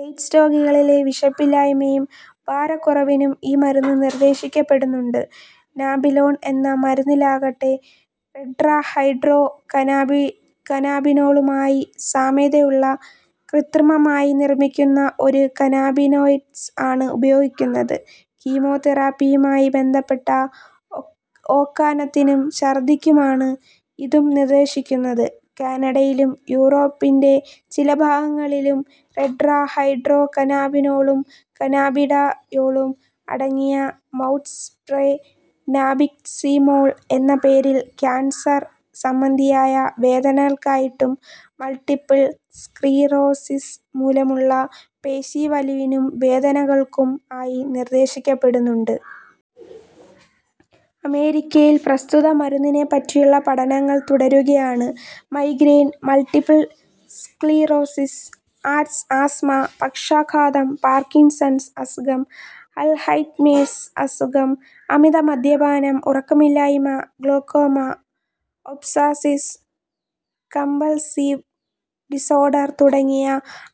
AIDS രോഗികളിലെ വിശപ്പില്ലായ്മയും ഭാരക്കുറവിനും ഈ മരുന്ന് നിർദ്ദേശിക്കപ്പെടുന്നുണ്ട്. നാബിലോൺ എന്ന മരുന്നിലാകട്ടെ, ടെട്രാ ഹൈഡ്രോ കനാബിനോളുമായി സാമ്യതയുള്ള കൃത്രിമമായി നിർമ്മിക്കുന്ന ഒരു കനാബിനോയ്ഡ് ആണ് ഉപയോഗിക്കുന്നത്. കീമോതെറാപ്പിയുമായി ബന്ധപ്പെട്ട ഓക്കാനത്തിനും ഛർദ്ദിക്കുമാണ് ഇതും നിർദ്ദേശിക്കുന്നത്. കാനഡയിലും യൂറോപ്പിന്റെ ചില ഭാഗങ്ങളിലും ടെട്രാ ഹൈഡ്രോ കനാബിനോളും കനാബിഡയോളും അടങ്ങിയ മൗത്ത് സ്പ്രേ നാബിക്സിമോൾ എന്ന പേരിൽ കാൻസർ സംബന്ധിയായ വേദനകൾക്കായിട്ടും, മൾടിപിൾ സ്ക്ലീറോസിസ് മൂലമുള്ള പേശീവലിവിനും വേദനകൾകും ആയി നിർദ്ദേശിക്കപ്പെടുന്നുണ്ട്. അമേരിക്കയിൽ പ്രസ്തുത മരുന്നിനെ പറ്റിയുള്ള പഠനങ്ങൾ തുടരുകയാണ്. മൈഗ്രേൻ, മൾടിപ്പിൾ സ്ക്ളീറോസിസ്, ആസ്ത്മ, പക്ഷാഘാതം, പാർകിൻസൺസ് അസുഖം, അൽഹൈറ്റ്മേഴ്സ് അസുഖം, അമിത മദ്യപാനം, ഉറക്കമില്ലായ്മ, ഗ്ലോക്കോമ, ഒബ്സസീസ് കമ്പൽസീവ് ഡിസോർഡർ തുടങ്ങിയ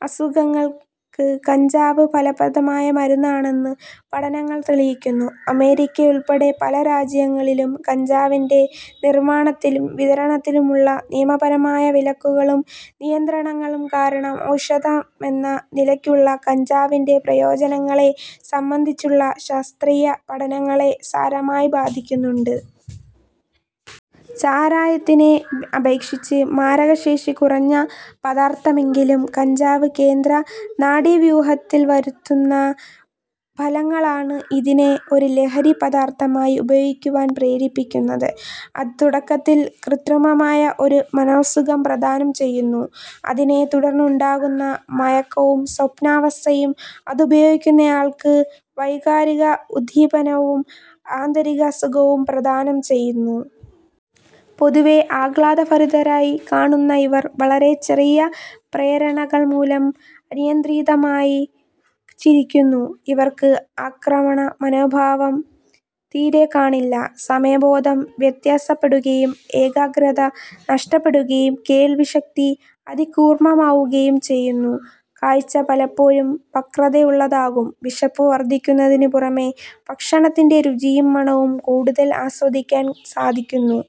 അസുഖങ്ങൾക്ക് കഞ്ചാവ് ഫലപ്രദമായ മരുന്നാണെന്ന് പഠനങ്ങൾ തെളിയിക്കുന്നു. അമേരിക്കയുൾപടെയുള്ള പല രാജ്യങ്ങളിലും കഞ്ചാവിന്റെ നിർമ്മാണത്തിലും വിതരണത്തിലുമുള്ള നിയമപരമായ വിലക്കുകളും നിയന്ത്രണങ്ങളും കാരണം ഔഷധമെന്ന നിലക്കുള്ള കഞ്ചാവിന്റെ പ്രയോജനങ്ങളെ സംബന്ധിച്ചുള്ള ശാസ്ത്രീയ പഠനങ്ങളെ സാരമായി ബാധിക്കുന്നുണ്ട്. ചാരായത്തിനെ അപേക്ഷിച്ച് മാരകശേഷി കുറഞ്ഞ പദാർഥമെങ്കിലും, കഞ്ചാവ് കേന്ദ്ര നാഡീവ്യൂഹത്തിൽ വരുത്തുന്ന ഫലങ്ങളാണ് ഇതിനെ ഒരു ലഹരി പദാർഥമായി ഉപയോഗിക്കുവാൻ പ്രേരിപ്പിക്കുന്നത്. അത് തുടക്കത്തിൽ കൃത്രിമമായ ഒരു മനഃസുഖം പ്രദാനം ചെയ്യുന്നു. അതിനെ തുടർന്നുണ്ടാകുന്ന മയക്കവും സ്വപ്നാവസ്ഥയും അതുപയോഗിക്കുന്നയാൾക്ക് വൈകാരിക ഉദ്ദീപനവും ആന്തരിക സുഖവും പ്രദാനം ചെയ്യുന്നു. പൊതുവെ ആഹ്ലാദ ഭരിതരായി കാണുന്ന ഇവർ വളരെ ചെറിയ പ്രേരണകൾ മൂലം അനിയന്ത്രിതമായി ചിരിക്കുന്നു. ഇവർക്ക് ആക്രമണ മനോഭാവം തീരെ കാണില്ല. സമയബോധം വ്യത്യാസപ്പെടുകയും, ഏകാഗ്രത നഷ്ടപ്പെടുകയും, കേൾവി ശക്തി അതികൂർമ്മമാവുകയുംചെയ്യുന്നു. കാഴ്ച പലപ്പോഴും വക്രതയുള്ളതാകും. വിശപ്പു വർദ്ധിക്കുന്നതിനു പുറമെ ഭക്ഷണത്തിന്റെ രുചിയും മണവും കൂടുതൽ ആസ്വദിക്കുവാൻ സാധിക്കുന്നു.